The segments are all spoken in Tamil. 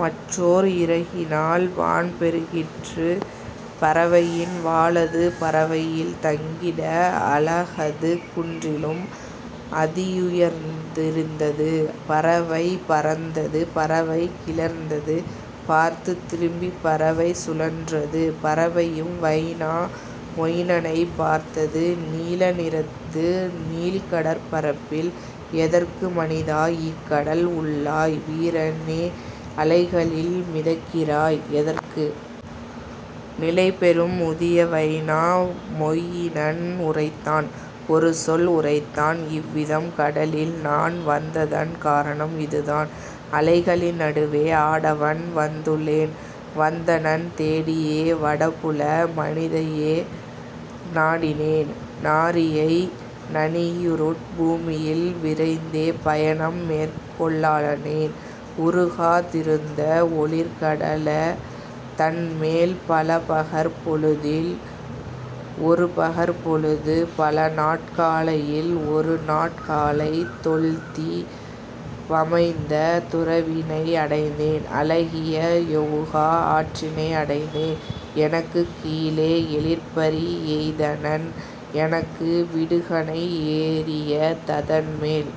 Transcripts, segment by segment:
மற்றோர் இறகினால் வான்பெருக் கிற்று பறவையின் வாலது பரவையில் தங்கிட அலகது குன்றிலும் அதியுயர்ந் திருந்தது. பறவை பறந்தது, பறவை கிளர்ந்தது பார்த்துத் திரும்பிப் பறவை சுழன்றது; பறவையும் வைனா மொயினனைப் பார்த்தது நீல நிறத்து நீள்கடற் பரப்பில்: "எதற்கு மனிதா இக்கடல் உள்ளாய் வீரனே அலைகளில் மிதக்கிறாய் எதற்கு? " நிலைபெறும் முதிய வைனா மொயினன் உரைத்தான் ஒருசொல் உரைத்தான் இவ்விதம்: "கடலில்நான் வந்ததன் காரணம் இதுதான் அலைகளின் நடுவே ஆடவன் வந்துளேன் வந்தனன் தேடியே வடபுல வனிதையை நாடினேன் நாரியை நனியிருட் பூமியில். விரைந்தே பயணம் மேற்கொள லானேன் உருகா திருந்த ஒளிர்கட லதன்மேல் பலபகற் பொழுதில் ஒருபகற் பொழுது பலநாட் காலையில் ஒருநாட் காலை தொல்தீ வமைந்த துரவினை அடைந்தேன் அழகிய யொவுகா ஆற்றினை அடைந்தேன் எனக்குக் கீழே எழிற்பரி எய்தனன் எனக்கு விடுகணை ஏறிய ததன்மேல்.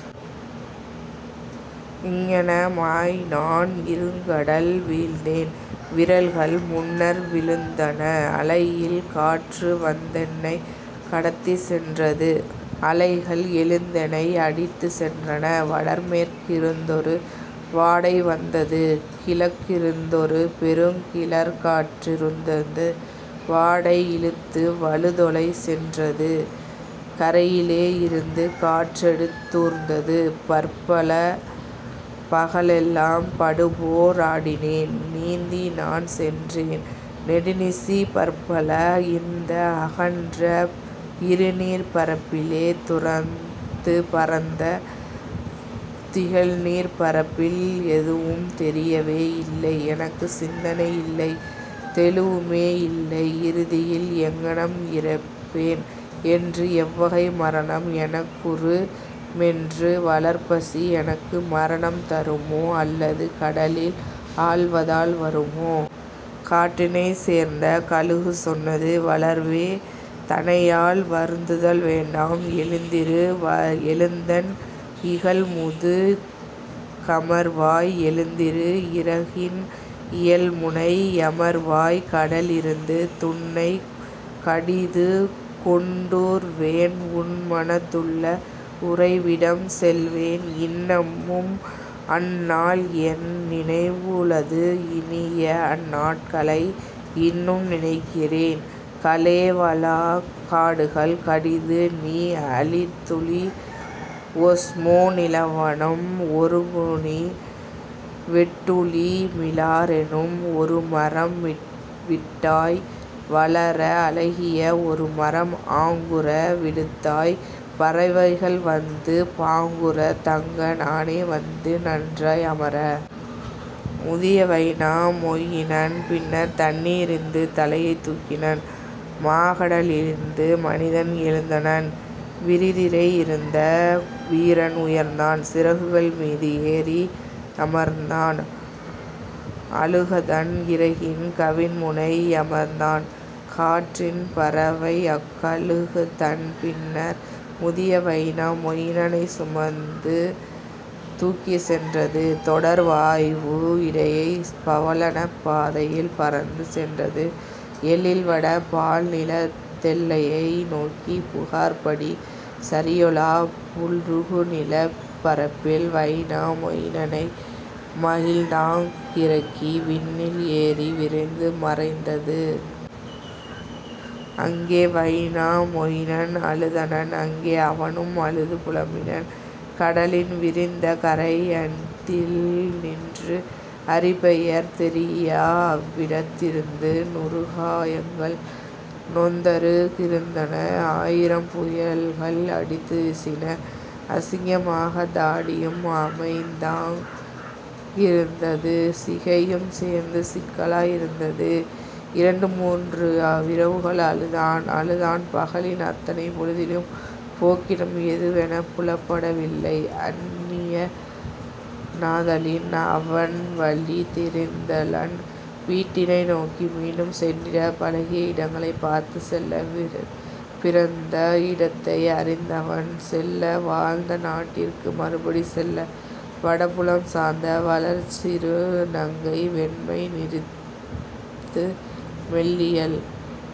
இங்ஙன மாய்நான் இருங்கடல் வீழ்ந்தேன் விரல்கள் முன்னர் விழுந்தன அலையில் காற்றுவந் தென்னை கடத்திச் சென்றது அலைகள் எழுந்தெனை அடித்துச் சென்றன. வடமேற் கிருந்தொரு வாடை வந்தது கிழக்கிருந் தொருபெருங் கிளர்காற் றூர்ந்தது வாடை இழுத்து வலுதொலை சென்றது கரையிலே இருந்து காற்றெடுத் தூர்ந்தது; பற்பல பகலெலாம் படுபோ ராடினேன் நீந்திநான் சென்றேன் நெடுநிசி பற்பல இந்த அகன்ற இருநீர்ப் பரப்பிலே திறந்து பரந்த திகழ்நீர்ப் பரப்பில்; எதுவும் தெரியவே யில்லை எனக்கு சிந்தனை யில்லைத் தெளிவுமே யில்லை இறுதியில் எங்ஙனம் இறப்பேன் என்று எவ்வகை மரணம் எனக்குறு மென்று வளர்பசி எனக்கு மரணம் தருமோ அல்லது கடலில் ஆழ்வதால் வருமோ? " காற்றினைச் சேர்ந்த கழுகு சொன்னது: "வளர்வே தனையால் வருந்துதல் வேண்டாம் எழுந்திரு எழுந்தென் இகல்முது கமர்வாய் எழுந்திரு இறகின் இயல்முனை யமர்வாய் கடலிருந் துன்னைக் கடிதுகொண் டூர்வேன் உன்மனத் துள்ள உறைவிடம் செல்வேன் இன்னமும் அந்நாள் என்நினை வுளது இனியஅந் நாட்களை இன்னும் நினைக்கிறேன் கலேவலாக் காடுகள் கடிதுநீ அழித்துழி ஒஸ்மோ நிலவனம் ஒருங்குநீ வெட்டுழி மிலாறெனும் ஒருமரம் விட்டாய் வளர அழகிய ஒருமரம் ஆங்குற விடுத்தாய் பறவைகள் வந்து பாங்குறத் தங்க நானே வந்து நன்றாய் அமர. " முதிய வைனா மொயினன் பின்னர் தண்ணீ ரிருந்து தலையைத் தூக்கினன் மாகட லிருந்து மனிதன் எழுந்தனன் விரிதிரை யிருந்த வீரன் உயர்ந்தான் சிறகுகள் மீது ஏறி யமர்ந்தான் கழுகதன் இறகின் கவின்முனை யமர்ந்தான். காற்றின் பறவைஅக் கழுகதன் பின்னர் முதிய வைனா மொயினனைச் சுமந்து தூக்கிச் சென்றது தொடர்வாய்வு இடையே பவனப் பாதையில் பறந்து சென்றது எழில்வட பால்நிலத் தெல்லையை நோக்கி புகார்படி சரியொலாப் புகுநிலப் பரப்பில்; வைனா மொயினனை மகிழ்ந்தாங் கிறக்கி விண்ணில் ஏறி விரைந்து மறைந்தது. அங்கே வைனா மொயினன் அழுதனன் அங்கே அவனும் அழுது புலம்பினன் கடலின் விரிந்த கரையதில் நின்று அறிபெயர் தெரியா அவ்விடத் திருந்து நுறுகா யங்கள் நொந்தரு கிருந்தன ஆயிரம் புயல்கள் அடித்து வீசின அசிங்கமாய்த் தாடியும் அமைந்தாங் கிருந்தது சிகையும் சேர்ந்து சிக்கலாய் இருந்தது. இரண்டு மூன்று இரவுகள் அழுதான் அழுதான் பகலின் அத்தனை பொழுதிலும் போக்கிடம் எதுவெனப் புலப்பட வில்லை அன்னிய னாதலின் அவன்வழி தெரிந்திலன் வீட்டினை நோக்கி மீண்டும் சென்றிட பழகிய இடங்களைப் பார்த்துச் செல்ல பிறந்த இடத்தை அறிந்தவன் செல்ல வாழ்ந்தநாட் டிற்கு மறுபடி செல்ல. வடபுலம் சார்ந்த வளர்சிறு நங்கை வெண்மை நிறத்து மெல்லியள்